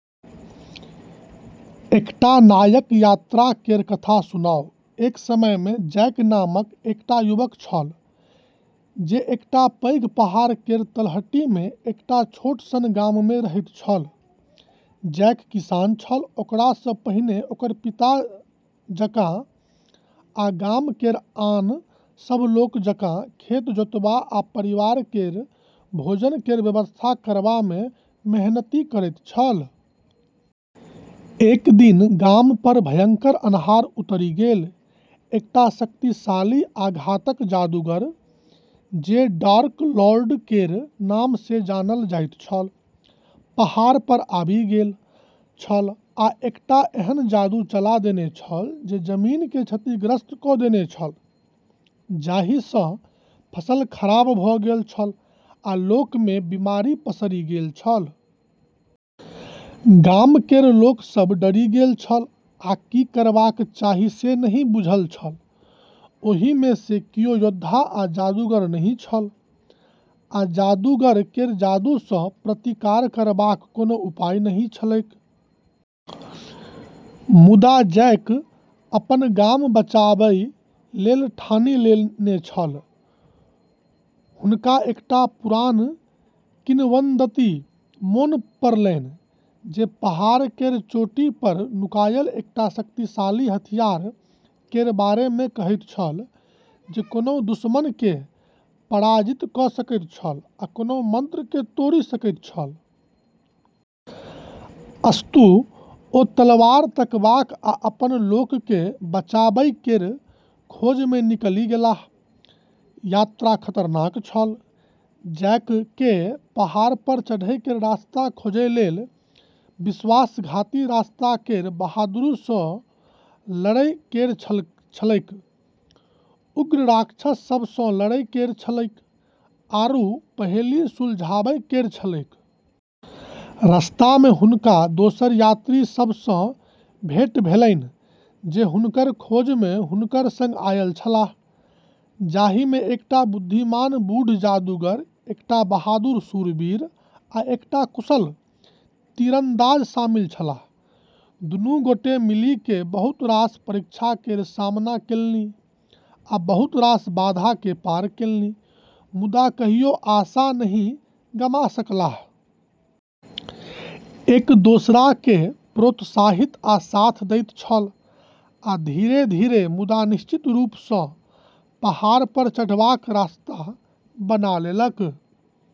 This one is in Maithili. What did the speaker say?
एकटा नायक यात्रा केर कथा सुनाउ। एक समय मे जैक नामक एकटा युवक छल जे एकटा पैघ पहाड़ केर तलहटी मे एकटा छोट सन गाम मे रहैत छल। जैक किसान छल, ओकरा सँ पहिने ओकर पिता जकाँ, आ गाम केर आन सभ लोक जकाँ खेत जोतबा आ परिवार केर भोजन केर व्यवस्था करबा मे मेहनति करैत छल। एक दिन गाम पर भयंकर अन्हार उतरि गेल। एकटा शक्तिशाली आ घातक जादूगर, जे डार्क लॉर्ड केर नाम सँ जानल जाइत छल, पहाड़ पर आबि गेल छल आ एकटा एहन जादू चला देने छल जे जमीन केँ क्षतिग्रस्त कऽ देने छल, जाहि सँ फसल खराब भऽ गेल छल आ लोक मे बीमारी पसरि गेल छल। गाम केर लोक सभ डरि गेल छल आ की करबाक चाही से नहि बुझल छल। ओहि मे सँ कियो योद्धा आ जादूगर नहि छल, आ जादूगर केर जादू सँ प्रतिकार करबाक कोनो उपाय नहि छलैक। मुदा जैक अपन गाम बचाबै लेल ठानि लेने छल। हुनका एकटा पुरान किंवदंती मोन पड़लैन जे पहाड़ केर चोटी पर नुकायल एकटा शक्तिशाली हथियार केर बारे मे कहैत छल, जे कोनो दुश्मन केँ पराजित कऽ सकैत छल आ कोनो मंत्र केँ तोड़ि सकैत छल। अस्तु, ओ तलवार तकबाक आ अपन लोक केँ बचाबै केर खोज मे निकलि गेलाह। यात्रा खतरनाक छल। जैक केँ पहाड़ पर चढ़ै केर रास्ता खोजै लेल विश्वासघाती रास्ता केर बहादुरी सँ लड़ै केर छलैक, उग्र राक्षस सभ सँ लड़ै केर छलैक, आरू पहेली सुलझाबै केर छलैक। रास्ता मे हुनका दोसर यात्री सभ सँ भेंट भेलैन जे हुनकर खोज मे हुनकर सँग आयल छलाह, जाहि मे एकटा बुद्धिमान बूढ़ जादूगर, एकटा बहादुर शूरवीर आ एकटा कुशल तीरंदाज शामिल छलाह। दुनू गोटे मिलि कऽ बहुत रास परीक्षा केर सामना केलनि आ बहुत रास बाधा केँ पार केलनि, मुदा कहियो आशा नहि गमा सकलाह। एक दोसरा केँ प्रोत्साहित आ साथ दैत छल, आ धीरे-धीरे मुदा निश्चित रूप सँ पहाड़ पर चढ़बाक रास्ता बना लेलक।